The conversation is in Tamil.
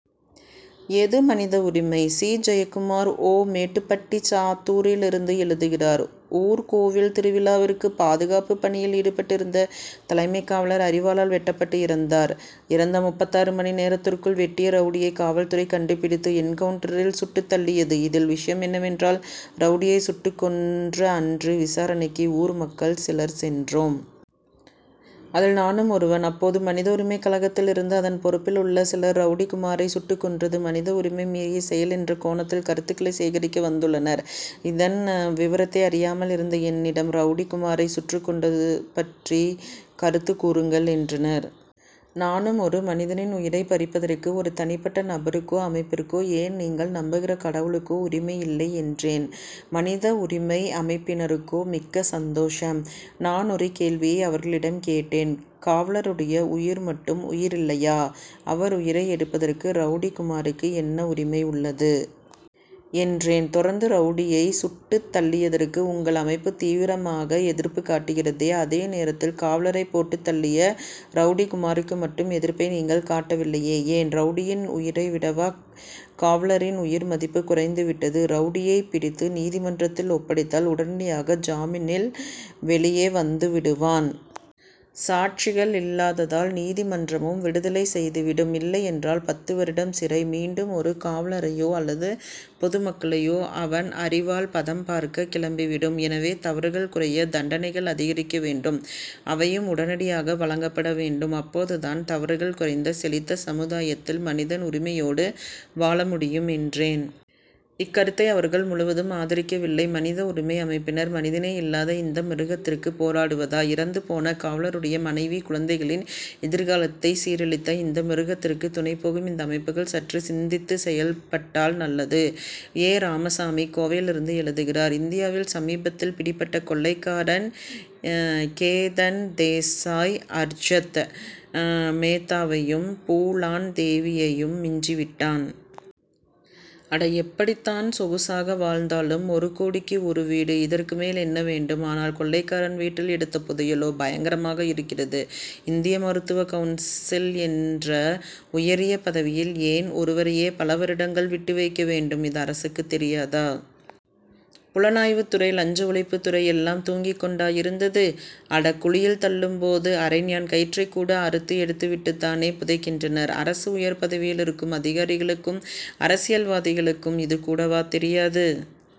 எது மனித உரிமை? சி. ஜெயக்குமார் ஓ. மேட்டுப்பட்டி சாத்தூரிலிருந்து எழுதுகிறார் ஊர் கோவில் திருவிழாவிற்கு பாதுகாப்பு பணியில் ஈடுபட்டு இருந்த தலைமை காவலர் அரிவாளால் வெட்டப்பட்டு இறந்தார். இறந்த முப்பத்தாறு மணி நேரத்திற்குள் வெட்டிய ரவுடியை காவல்துறை கண்டுபிடித்து என்கவுன்டரில் சுட்டுத் தள்ளியது. இதில் விஷயம் என்னவென்றால் ரவுடியை சுட்டுக் கொன்ற அன்று விசாரணைக்கு ஊர் மக்கள் சிலர் சென்றோம். அதில் நானும் ஒருவன். அப்போது மனித உரிமை கழகத்தில் இருந்து அதன் பொறுப்பில் உள்ள சிலர் ரவுடி குமாரை சுட்டுக் கொன்றது மனித உரிமை மீறிய செயல் என்ற கோணத்தில் கருத்துக்களை சேகரிக்க வந்துள்ளனர். இதன் விவரத்தை அறியாமல் இருந்த என்னிடம் ரவுடி குமாரை சுட்டுக் கொன்றது பற்றி கருத்து கூறுங்கள் என்றனர். நானும் ஒரு மனிதனின் உயிரை பறிப்பதற்கு ஒரு தனிப்பட்ட நபருக்கோ அமைப்பிற்கோ ஏன் நீங்கள் நம்புகிற கடவுளுக்கோ உரிமை இல்லை என்றேன். மனித உரிமை அமைப்பினருக்கோ மிக்க சந்தோஷம். நான் ஒரு கேள்வியை அவர்களிடம் கேட்டேன். காவலருடைய உயிர் மட்டும் உயிரில்லையா அவர் உயிரை எடுப்பதற்கு ரவுடி குமாருக்கு என்ன உரிமை உள்ளது? என்றேன். தொடர்ந்து ரவுடியை சுட்டுத் தள்ளியதற்கு உங்கள் அமைப்பு தீவிரமாக எதிர்ப்பு காட்டுகிறதே அதே நேரத்தில் காவலரை போட்டுத் தள்ளிய ரவுடி குமாருக்கு மட்டும் எதிர்ப்பை நீங்கள் காட்டவில்லையே ஏன்? ரவுடியின் உயிரை விடவா காவலரின் உயிர் மதிப்பு குறைந்து விட்டது. ரவுடியை பிடித்து நீதிமன்றத்தில் ஒப்படைத்தால் உடனடியாக ஜாமீனில் வெளியே வந்துவிடுவான். சாட்சிகள் இல்லாததால் நீதிமன்றமும் விடுதலை செய்துவிடும் இல்லை என்றால் பத்து வருடம் சிறை. மீண்டும் ஒரு காவலரையோ அல்லது பொதுமக்களையோ அவன் அரிவாள் பதம் பார்க்க கிளம்பிவிடும். எனவே தவறுகள் குறைய தண்டனைகள் அதிகரிக்க வேண்டும் அவையும் உடனடியாக வழங்கப்பட வேண்டும். அப்போதுதான் தவறுகள் குறைந்த செழித்த சமுதாயத்தில் மனிதன் உரிமையோடு வாழ முடியும் என்றேன். இக்கருத்தை அவர்கள் முழுவதும் ஆதரிக்கவில்லை. மனித உரிமை அமைப்பினர் மனிதனே இல்லாத இந்த மிருகத்திற்கு போராடுவதா? இறந்துபோன காவலருடைய மனைவி குழந்தைகளின் எதிர்காலத்தை சீரழித்த இந்த மிருகத்திற்கு துணை போகும் இந்த அமைப்புகள் சற்று சிந்தித்து செயல்பட்டால் நல்லது. எ. ராமசாமி கோவையிலிருந்து எழுதுகிறார் இந்தியாவில் சமீபத்தில் பிடிபட்ட கொள்ளைக்காரன் கேதன் தேசாய் அர்ஷத் மேத்தாவையும் பூலான் தேவியையும் மிஞ்சிவிட்டான். அட எப்படித்தான் சொகுசாக வாழ்ந்தாலும் ஒரு கோடிக்கு ஒரு வீடு. இதற்கு மேல் என்ன வேண்டும்? ஆனால் கொள்ளைக்காரன் வீட்டில் எடுத்த புதையலோ பயங்கரமாக இருக்கிறது. இந்திய மருத்துவ கவுன்சில் என்ற உயரிய பதவியில் ஏன் ஒருவரையே பல வருடங்கள் விட்டு வைக்க வேண்டும். இது அரசுக்கு தெரியாதா? புலனாய்வு துறை லஞ்ச ஒழிப்பு துறை எல்லாம் தூங்கி கொண்டா இருந்தது? அடகுழியில் தள்ளும் போது அரைஞாண் கயிற்றை கூட அறுத்து எடுத்து விட்டுத்தானே புதைக்கின்றனர். அரசு உயர் பதவியில் இருக்கும் அதிகாரிகளுக்கும் அரசியல்வாதிகளுக்கும் இது கூடவா தெரியாது.